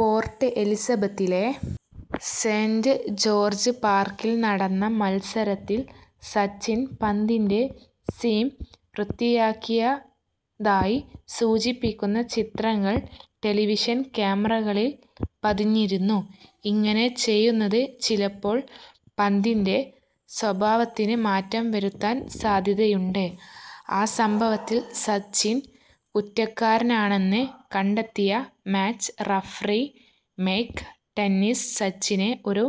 Port എലിസബത്തിലെ saint George പാർക്കിൽ നടന്ന മത്സരത്തിൽ സച്ചിൻ പന്തിന്റെ സീം വൃത്തിയാക്കിയതായി സൂചിപ്പിക്കുന്ന ചിത്രങ്ങൾ ടെലിവിഷൻ ക്യാമറകളിൽ പതിഞ്ഞിരുന്നു. ഇങ്ങനെ ചെയ്യുന്നത് ചിലപ്പോൾ പന്തിന്റെ സ്വഭാവത്തിന് മാറ്റം വരുത്താൻ സാധ്യതയുണ്ട്. ആ സംഭവത്തിൽ സച്ചിൻ കുറ്റക്കാരനാണെന്ന് കണ്ടെത്തിയ മാച്ച് റഫറി മൈക്ക് ഡെന്നിസ് സച്ചിനെ ഒരു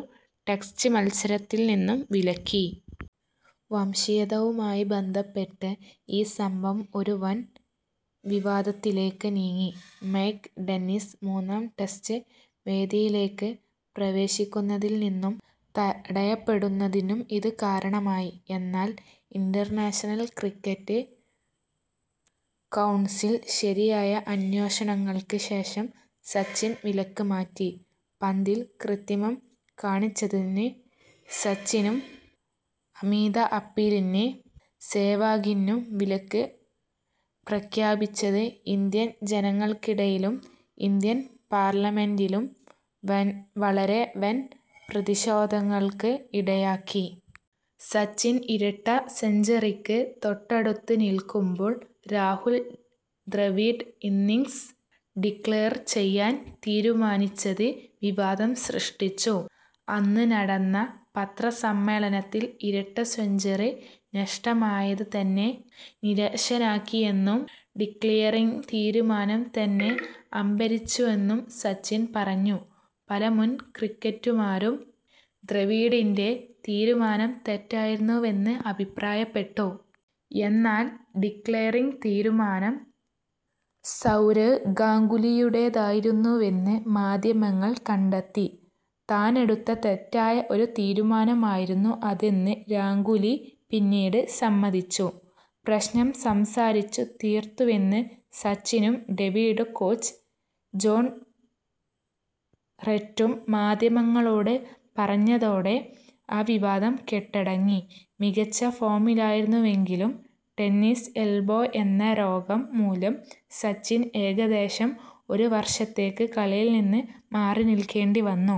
ടെസ്റ്റ് മത്സരത്തിൽ നിന്നും വിലക്കി. വംശീയതയുമായി ബന്ധപ്പെട്ട് ഈ സംഭവം ഒരു വൻ വിവാദത്തിലേക്ക് നീങ്ങി. മൈക്ക് ഡെന്നിസ് മൂന്നാം ടെസ്റ്റ് വേദിയിലേക്ക് പ്രവേശിക്കുന്നതിൽ നിന്നും തടയപ്പെടുന്നതിനും ഇത് കാരണമായി. എന്നാൽ ഇന്റർനാഷണൽ ക്രിക്കറ്റ് കൗൺസിൽ ശരിയായ അന്വേഷണങ്ങൾക്ക് ശേഷം സച്ചിന്റെ വിലക്ക് മാറ്റി. പന്തിൽ കൃത്രിമം കാണിച്ചതിന് സച്ചിനും അമിത അപ്പീലിന് സേവാഗിനും വിലക്ക് പ്രഖ്യാപിച്ചത് ഇന്ത്യൻ ജനങ്ങൾക്കിടയിലും ഇന്ത്യൻ പാർലമെന്റിലും വരെ വൻ പ്രതിഷേധങ്ങൾക്ക് ഇടയാക്കി. സച്ചിൻ ഇരട്ട സെഞ്ച്വറിക്ക് തൊട്ടടുത്ത് നിൽക്കുമ്പോൾ രാഹുൽ ദ്രാവിഡ് ഇന്നിംങ്സ് ഡിക്ലയർ ചെയ്യാൻ തീരുമാനിച്ചത് വിവാദം സൃഷ്ടിച്ചു. അന്ന് നടന്ന പത്ര സമ്മേളനത്തിൽ ഇരട്ട സെഞ്ച്വറി നഷ്ടമായത് തന്നെ നിരാശനാക്കിയെന്നും ഡിക്ലയറിങ്ങ് തീരുമാനം തന്നെ അമ്പരപ്പിച്ചെന്നും സച്ചിൻ പറഞ്ഞു. പല മുൻക്രിക്കറ്റർമാരും ദ്രാവിഡിന്റെ തീരുമാനം തെറ്റായിരുന്നുവെന്ന് അഭിപ്രായപ്പെട്ടു.. എന്നാൽ ഡിക്ലയറിങ്ങ് തീരുമാനം സൗരവ് ഗാംഗുലിയുടേതായിരുന്നുവെന്ന് മാധ്യമങ്ങൾ കണ്ടെത്തി. താനെടുത്ത തെറ്റായ ഒരു തീരുമാനമായിരുന്നു അതെന്ന് ഗാംഗുലി പിന്നീട് സമ്മതിച്ചു. പ്രശ്നം സംസാരിച്ചു തീർത്തുവെന്ന് സച്ചിനും ദ്രാവിഡും കോച്ച് ജോൺ റൈറ്റും മാധ്യമങ്ങളോട് പറഞ്ഞതോടെ ആ വിവാദം കെട്ടടങ്ങി. മികച്ച ഫോമിലായിരുന്നുവെങ്കിലും ടെന്നീസ് എൽബോ എന്ന രോഗം മൂലം സച്ചിന് ഏകദേശം ഒരു വർഷത്തേക്ക് കളിയിൽ നിന്ന് മാറി നിൽക്കേണ്ടിവന്നു.